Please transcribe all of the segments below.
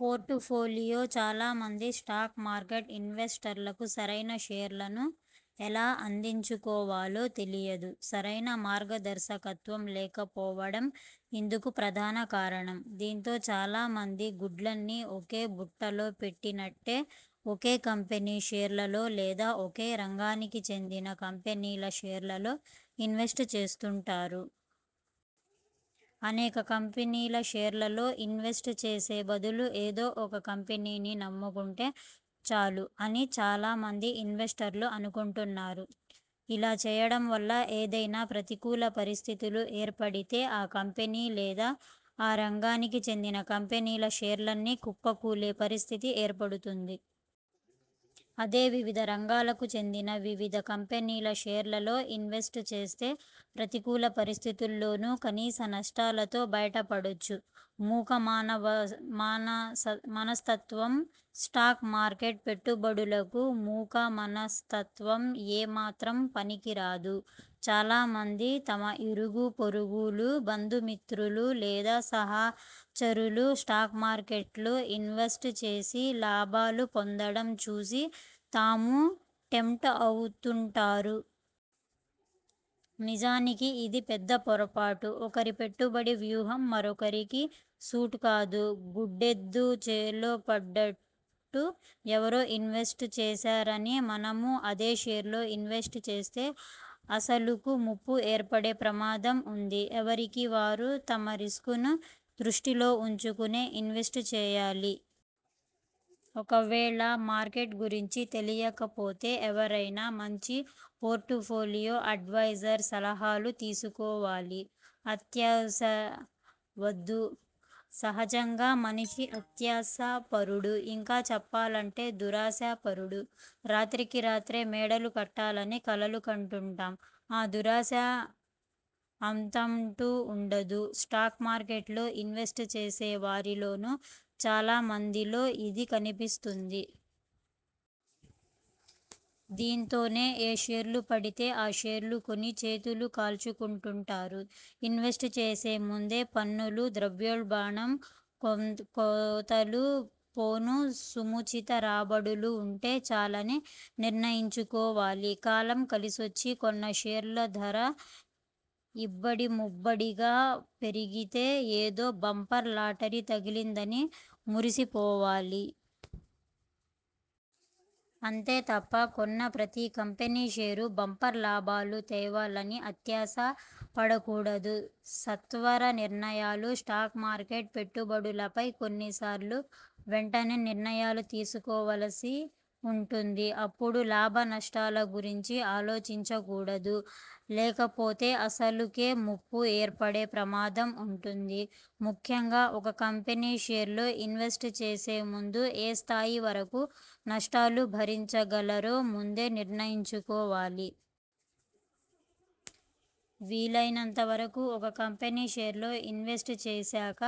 Portfolio చాలా మంది stock market ఇన్వెస్టర్లకు సరైన షేర్లను ఎలా ఎంచుకోవాలో తెలియదు. సరైన మార్గదర్శకత్వం లేకపోవడం ఇందుకు ప్రధాన కారణం. దీంతో చాలా మంది గుడ్లన్నీ ఒకే బుట్టలో పెట్టినట్టే ఒకే కంపెనీ షేర్లలో లేదా ఒకే రంగానికి చెందిన కంపెనీల షేర్లలో ఇన్వెస్ట్ చేస్తుంటారు. అనేక కంపెనీల షేర్లలో ఇన్వెస్ట్ చేసే బదులు, ఏదో ఒక కంపెనీని నమ్ముకుంటే చాలు అని చాలా మంది ఇన్వెస్టర్లు అనుకుంటుంటారు. ఇలా చేయడం వల్ల ఏదైనా ప్రతికూల పరిస్థితులు ఏర్పడితే ఆ కంపెనీ లేదా ఆ రంగానికి చెందిన కంపెనీల షేర్లన్నీ కుప్పకూలే పరిస్థితి ఏర్పడుతుంది. అదే వివిధ రంగాలకు చెందిన వివిధ కంపెనీల షేర్లలో ఇన్వెస్ట్ చేస్తే ప్రతికూల పరిస్థితుల్లోనూ కనీస నష్టాలతో బయట పడొచ్చు. మూక మనస్తత్వం స్టాక్ మార్కెట్ పెట్టుబడులకు మూక మనస్తత్వం ఏ మాత్రం పనికి రాదు. చాలా మంది తమ ఇరుగు పొరుగులు, బంధు మిత్రులు లేదా సహచరులు స్టాక్ మార్కెట్లో ఇన్వెస్ట్ చేసి లాభాలు పొందడం చూసి తామూ టెంప్ట్ అవుతుంటారు. నిజానికి ఇది పెద్ద పొరపాటు. ఒకరి పెట్టుబడి వ్యూహం మరొకరికి సూట్ కాదు. గుడ్డెద్దు చేలో పడ్డట్టు ఎవరో ఇన్వెస్ట్ చేశారని, మనమూ అదే షేర్లలో ఇన్వెస్ట్ చేస్తే అసలుకూ ముప్పు ఏర్పడే ప్రమాదం ఉంది. ఎవరికి వారు తమ రిస్కును దృష్టిలో ఉంచుకునే ఇన్వెస్ట్ చేయాలి. ఒకవేళ మార్కెట్ గురించి తెలియపోతే ఎవరైనా మంచి పోర్టుఫోలియో అడ్వైజర్ సలహాలు తీసుకోవాలి. అత్యాశ వద్దు సహజంగా మనిషి అత్యాశపరుడు. ఇంకా చెప్పాలంటే దురాశపరుడు. రాత్రికి రాత్రి మేడలు కట్టాలని కలలు కంటుంటాం. అ దురాశలకు అంతంటూ ఉండదు. స్టాక్ మార్కెట్లో ఇన్వెస్ట్ చేసే వారిలోనూ, చాలా మందిలో ఇది కనిపిస్తుంది. దీంతోనే ఏ షేర్లు పడితే ఆ షేర్లు కొని చేతులు కాల్చుకుంటుంటారు. ఇన్వెస్ట్ చేసే ముందే పన్నులు, ద్రవ్యోల్బణం కోతలు పోను సముచిత రాబడులు ఉంటే చాలని నిర్ణయించుకోవాలి. కాలం కలిసొచ్చి కొన్న షేర్ల ధర ఇబ్బడిముబ్బడిగా పెరిగితే ఏదో బంపర్ లాటరీ తగిలిందని మురిసిపోవాలి. అంతే తప్ప కొన్న ప్రతి కంపెనీ షేరూ బంపర్ లాభాలు తేవాలని అత్యాశ పడకూడదు. సత్వర నిర్ణయాలు స్టాక్ మార్కెట్ పెట్టుబడులపై కొన్నిసార్లు వెంటనే నిర్ణయాలు తీసుకోవాల్సి ఉంటుంది. అప్పుడు లాభనష్టాల గురించి ఆలోచించకూడదు. లేకపోతే అసలుకే ముప్పు ఏర్పడే ప్రమాదం ఉంటుంది. ముఖ్యంగా ఒక కంపెనీ షేర్లో ఇన్వెస్ట్ చేసే ముందు ఏ స్థాయి వరకు నష్టాలు భరించగలరో ముందే నిర్ణయించుకోవాలి. వీలైనంత వరకు ఒక కంపెనీ షేర్లో ఇన్వెస్ట్ చేశాక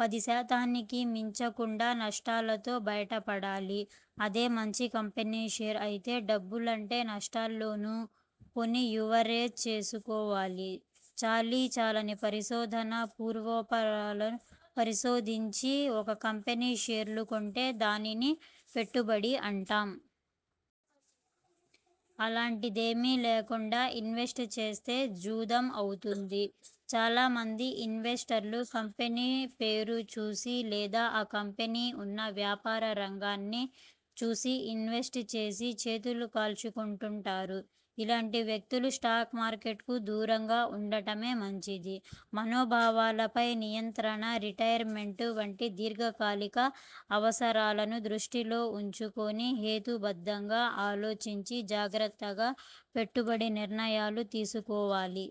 పది శాతానికి మించకుండా నష్టాలతో బయటపడాలి. అదే మంచి కంపెనీ షేర్ అయితే డబ్బులంటే నష్టాల్లోనూ కొని యావరేజ్ చేసుకోవాలి. చాలీచాలని పరిశోధన పూర్వోపరాలను పరిశోధించి ఒక కంపెనీ షేర్లు కొంటే దానిని పెట్టుబడి అంటాం. అలాంటిదేమీ లేకుండా ఇన్వెస్ట్ చేస్తే 'జూదం' అవుతుంది. చాలా మంది ఇన్వెస్టర్లు కంపెనీ పేరు చూసి లేదా ఆ కంపెనీ ఉన్న వ్యాపార రంగాన్ని చూసి ఇన్వెస్ట్ చేసి చేతులు కాల్చుకుంటుంటారు. ఇలాంటి వ్యక్తులు స్టాక్ మార్కెట్కు దూరంగా ఉండడమే మంచిది. మనోభావాలపై నియంత్రణ రిటైర్మెంట్ వంటి దీర్ఘకాలిక అవసరాలను దృష్టిలో ఉంచుకుని హేతుబద్ధంగా ఆలోచించి, జాగ్రత్తగా పెట్టుబడి నిర్ణయాలు తీసుకోవాలి.